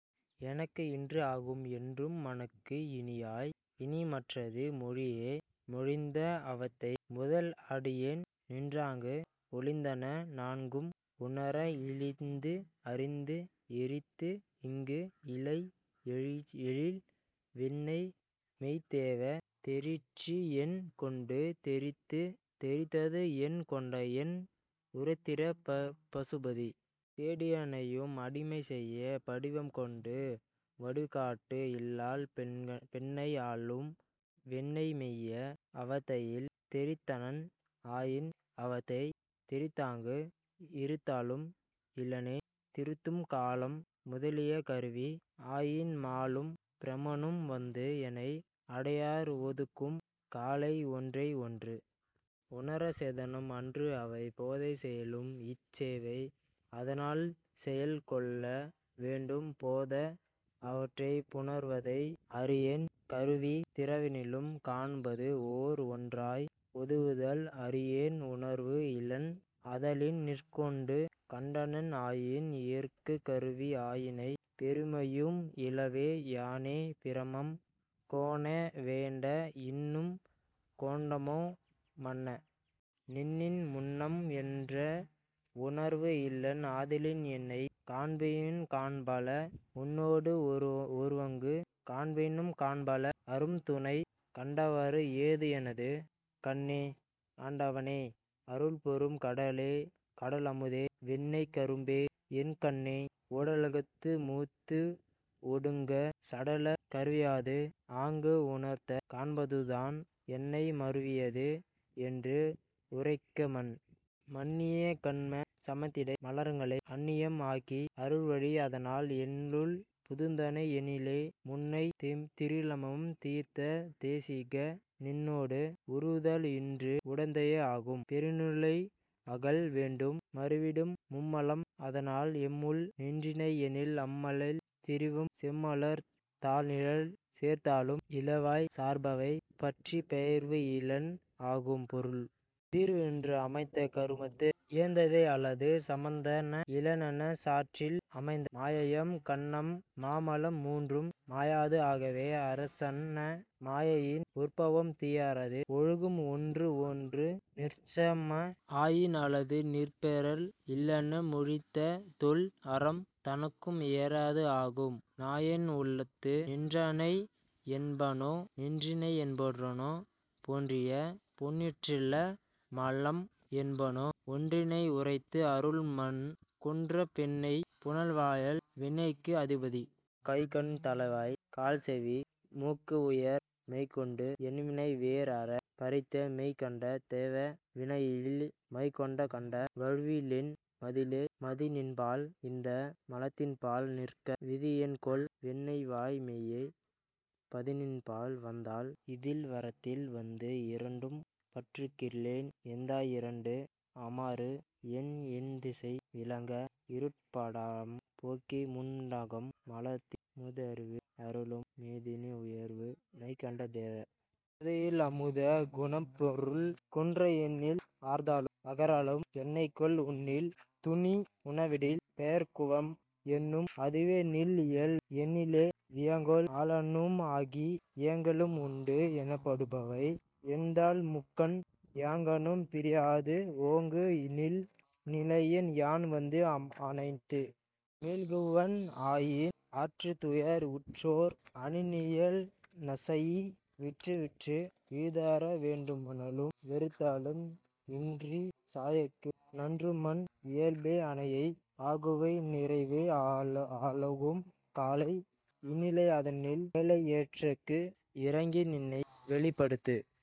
எனக்கு இன்று ஆகும் என்றும் மனக்கு இனியாய்! இனி மற்றது மொழியே மொழிந்த அவத்தை முதல் அடியேன் நின்றாங்கு ஒழிந்தன நான்கும் உணர -- இழிந்து அறிந்து ஏறிற்று இங்கு இல்லை எழில் வெண்ணெய் மெய்த்தேவே! தேறிற்று என் கொண்டு தெரித்து. தெரித்தது என் கொண்டு எனை உருத்திர பசுபதி! செடியனேனையும் அடிமை செய்யப் படிவம் கொண்டு வடிவுகாட்டு இல்லாப் பெண்ணை ஆளும் வெண்ணெய் மெய்ய! அவத்தையில் தெரித்தனன் ஆயின் அவத்தை தெரித்தாங்கு இருத்தலும் இலனே திருத்தும் காலம் முதலிய கருவி ஆயின் மாலும் பிரமனும் வந்து எனை அடையார் ஓதும் காலை ஒன்றை ஒன்று உணரசேதனம் அன்று அவை பேதைச் செயலும் இச் சேதன ஆனால் செயல் கொள வேண்டும் போதம் அவற்றைப் புணர்வதை அறியேன் கருவித் திரளினும் காண்பது ஓர் ஒன்றாய் ஒருவுதல் அறியேன் உணர்வு இலன் ஆதலின் நிற்கொடு கண்டனன் ஆயின் எற்குக் கருவி ஆயினை பெருமையும் இலவே யானே பிரமம் கோனே வேண்டா இன்னும் கேண்மோ, மன்ன! நின்னின் முன்னம் என்ற உணர்வு இலன் ஆதலின் என்னைக் காண்பினும் காண்பல உன்னோடு ஒருங்கு காண்பினும் காண்பல அரும்துணை கண்டவாறு ஏது எனது கண்ணே! அண்டவாண! அருட்பெரும் கடலே! கடல் அமுதே! வெண்ணெய்க் கரும்பே! என் கண்ணே! உடலகத்து மூலத்து ஒடுங்கச் -- சடலக் கருவியாது ஆங்கு உணர்த்தக் காண்பதுதான் என்னை மருவியது என்று உரைக்க மன். மன்னிய கன்மச் சமத்திடை மலங்களை அன்னியம் ஆக்கி அருள்வழி அதனால் என்னுள் புகுந்தனை எனினே முன்னைத் திரிமலம் தீர்த்த தேசிக! நின்னோடு உருவுதல் இன்றி உடந்தையே ஆகும் பெருநிலை ஆகல் வேண்டும் மருவிடும் மும்மலம் அதனால் எம்முள் நின்றிலை எனில் அம்மலத் திரிவும் செம்மலர்த் தாள்நிழல் சேர்தலும் இலவாய்ச் சார்பவை பற்றிப் பெயர்வு இலன் ஆகும், பெரும! தீர்வு இன்று அமைந்த கருமத்து இயைந்ததை அல்லது சமைந்தன இலஎனச் சாற்றில் அமைந்த மாயேயம் கன்மம் மாமலம் மூன்றும் மாயாது ஆகவே ஆர்ச்சன மாயையின் உற்பவம் தீராது ஒழுகும் ஒன்று ஒன்று நிற்சமம் ஆயின் அல்லது நிற்பெறல் இல்லென மொழிந்த தொல் அறம் தனக்கும் ஏயாது ஆகும் நாயேன் உளத்து நின்றனை என்பனோ நின்றிலை என்பனோ பொன்றிய பொன்றிற்றில மலம் என்பனோ ஒன்றினை உரைத்து அருள் மன்ற குன்றாப் பெண்ணைப் புனல்வயல் வெண்ணெய்க்கு அதிபதி! கைகண் தலைவாய் கால்செவி மூக்கு உயர் மெய்கொண்டு என்வினை வேர் அறப் பறித்த மெய்கண்ட தேவ! வினையிலி! மைகொண்ட கண்ட! வழுவிலென் மதியே! மதிநின்பால் இந்த மலத்தின்பால் நிற்க விதிஎன்கொல் வெண்ணெய்வாழ் மெய்ய! -- பதிநின்பால் வந்தால் இதில்வரத்தில் வந்து இரண்டும் பற்றுகிலேன் எந்தாய் இரண்டு ஆமாறு என் எண்திசை விளங்க இருட்படாம் போக்கி முண்டகம் மலர்த்தி மூதறிவு அருளும் மேதினி உதய மெய்கண்ட தேவ! கோதுஇல் அமுத! குணப்பெரும் குன்ற! என்னின் ஆர்தலும் அகறலும் என்னைகொல் உன்னில் துன்னி உனாவிடில் பெயர்குவம் என்னும் அதுவே நின் இயல்பு எனினே வியங்கோள் ஆளனும் ஆகி இயங்கலும் உண்டு எனப்படுபவை எண்தாள் முக்கண் யாங்கணும் பிரியாது ஓங்கு நின் நிலையின் யான் வந்து அணைந்து மீள்குவன் ஆயின் ஆற்றுத்துயர் உற்றோர் அணிநிழல் நசைஇ வீற்றுவீற்று இழிதர வேண்டலும் வெறுத்தலும் இன்றிச் சாயைக்கு நன்றுமன் இயல்பே அனையை ஆகுவை நினைவு அரும் காலை இந்நிலை அதனில் ஏழையேற்கு இரங்கி நின்னை வெளிப்படுத்து